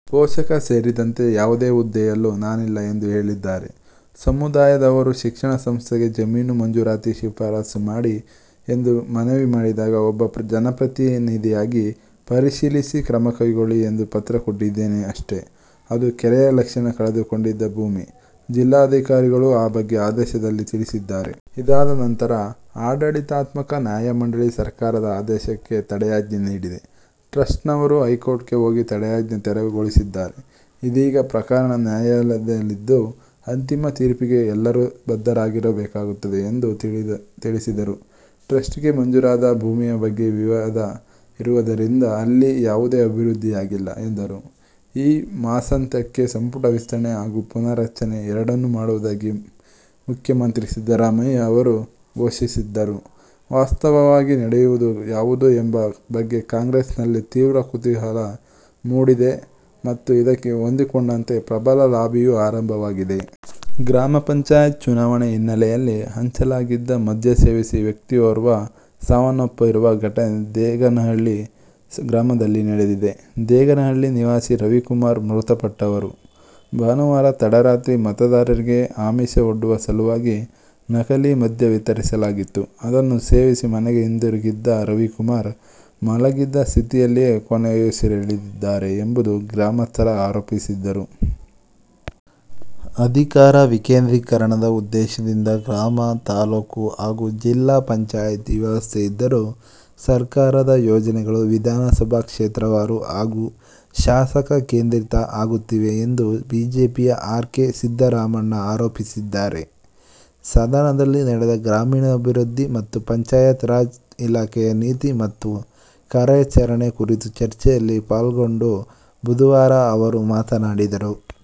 ಪೋಷಕ ಸೇರಿದಂತೆ ಯಾವುದೇ ಹುದ್ದೆಯಲ್ಲೂ ನಾನಿಲ್ಲ ಎಂದು ಹೇಳಿದ್ದಾರೆ. ಸಮುದಾಯದವರು ಶಿಕ್ಷಣ ಸಂಸ್ಥೆಗೆ ಜಮೀನು ಮಂಜೂರಾತಿಗೆ ಶಿಫಾರಸು ಮಾಡಿ ಎಂದು ಮನವಿ ಮಾಡಿದಾಗ ಒಬ್ಬ ಜನಪ್ರತಿನಿಧಿಯಾಗಿ ಪರಿಶೀಲಿಸಿ ಕ್ರಮ ಕೈಗೊಳ್ಳಿ ಎಂದು ಪತ್ರ ಕೊಟ್ಟಿದ್ದೇನೆ ಅಷ್ಟೆ. ಅದು ಕೆರೆಯ ಲಕ್ಷಣ ಕಳೆದುಕೊಂಡಿದ್ದ ಭೂಮಿ. ಜಿಲ್ಲಾಧಿಕಾರಿಗಳೂ ಆ ಬಗ್ಗೆ ಆದೇಶದಲ್ಲಿ ತಿಳಿಸಿದ್ದಾರೆ. ಇದಾದ ನಂತರ ಆಡಳಿತಾತ್ಮಕ ನ್ಯಾಯಮಂಡಳಿ ಸರ್ಕಾರದ ಆದೇಶಕ್ಕೆ ತಡೆಯಾಜ್ಞೆ ನೀಡಿದೆ. ಟ್ರಸ್ಟ್ನವರು ಹೈಕೋರ್ಟ್ಗೆ ಹೋಗಿ ತಡೆಯಾಜ್ಞೆ ತೆರವುಗೊಳಿಸಿದ್ದಾರೆ. ಇದೀಗ ಪ್ರಕರಣ ನ್ಯಾಯಾಲಯದಲ್ಲಿದ್ದು ಅಂತಿಮ ತೀರ್ಪಿಗೆ ಎಲ್ಲರೂ ಬದ್ಧರಾಗಿರಬೇಕಾಗುತ್ತದೆ ಎಂದು ತಿಳಿಸಿದರು. ಟ್ರಸ್ಟ್ಗೆ ಮಂಜೂರಾದ ಭೂಮಿಯ ಬಗ್ಗೆ ವಿವಾದ ಇರುವುದರಿಂದ ಅಲ್ಲಿ ಯಾವುದೇ ಅಭಿವೃದ್ಧಿಯಾಗಿಲ್ಲ ಎಂದರು. ಈ ಮಾಸಾಂತ್ಯಕ್ಕೆ ಸಂಪುಟ ವಿಸ್ತರಣೆ ಹಾಗೂ ಪುನಾರಚನೆ ಎರಡನ್ನೂ ಮಾಡುವುದಾಗಿ ಮುಖ್ಯಮಂತ್ರಿ ಸಿದ್ದರಾಮಯ್ಯ ಅವರು ಘೋಷಿಸಿದ್ದರೂ ವಾಸ್ತವವಾಗಿ ನಡೆಯುವುದು ಯಾವುದು ಎಂಬ ಬಗ್ಗೆ ಕಾಂಗ್ರೆಸ್ನಲ್ಲಿ ತೀವ್ರ ಕುತೂಹಲ ಮೂಡಿದೆ ಮತ್ತು ಇದಕ್ಕೆ ಹೊಂದಿಕೊಂಡಂತೆ ಪ್ರಬಲ ಲಾಬಿಯೂ ಆರಂಭವಾಗಿದೆ. ಗ್ರಾಮ ಪಂಚಾಯತ್ ಚುನಾವಣೆ ಹಿನ್ನೆಲೆಯಲ್ಲಿ ಹಂಚಲಾಗಿದ್ದ ಮದ್ಯ ಸೇವಿಸಿ ವ್ಯಕ್ತಿಯೋರ್ವ ಸಾವನ್ನಪ್ಪಿರುವ ಘಟನೆ ದೇಗನಹಳ್ಳಿ ಗ್ರಾಮದಲ್ಲಿ ನಡೆದಿದೆ. ದೇಗನಹಳ್ಳಿ ನಿವಾಸಿ ರವಿಕುಮಾರ್ ಮೃತಪಟ್ಟವರು. ಭಾನುವಾರ ತಡರಾತ್ರಿ ಮತದಾರರಿಗೆ ಆಮಿಷ ಒಡ್ಡುವ ಸಲುವಾಗಿ ನಕಲಿ ಮದ್ಯ ವಿತರಿಸಲಾಗಿತ್ತು. ಅದನ್ನು ಸೇವಿಸಿ ಮನೆಗೆ ಹಿಂದಿರುಗಿದ್ದ ರವಿಕುಮಾರ್, ಮಲಗಿದ್ದ ಸ್ಥಿತಿಯಲ್ಲಿಯೇ ಕೊನೆಯುಸಿರೆಳೆದಿದ್ದಾರೆ ಎಂದು ಗ್ರಾಮಸ್ಥರು ಆರೋಪಿಸಿದ್ದಾರೆ. ಅಧಿಕಾರ ವಿಕೇಂದ್ರೀಕರಣದ ಉದ್ದೇಶದಿಂದ ಗ್ರಾಮ, ತಾಲೂಕು ಹಾಗೂ ಜಿಲ್ಲಾ ಪಂಚಾಯಿತಿ ವ್ಯವಸ್ಥೆ ಇದ್ದರೂ ಸರ್ಕಾರದ ಯೋಜನೆಗಳು ವಿಧಾನಸಭಾ ಕ್ಷೇತ್ರವಾರು ಹಾಗೂ ಶಾಸಕ ಕೇಂದ್ರಿತ ಆಗುತ್ತಿವೆ ಎಂದು ಬಿಜೆಪಿಯ ಆರ್. ಕೆ. ಸಿದ್ದರಾಮಣ್ಣ ಆರೋಪಿಸಿದ್ದಾರೆ. ಸದನದಲ್ಲಿ ನಡೆದ ಗ್ರಾಮೀಣಾಭಿವೃದ್ಧಿ ಮತ್ತು ಪಂಚಾಯತ್ರಾಜ್ ಇಲಾಖೆಯ ನೀತಿ ಮತ್ತು ಕಾರ್ಯಾಚರಣೆ ಕುರಿತ ಚರ್ಚೆಯಲ್ಲಿ ಪಾಲ್ಗೊಂಡು ಬುಧವಾರ ಅವರು ಮಾತನಾಡಿದರು.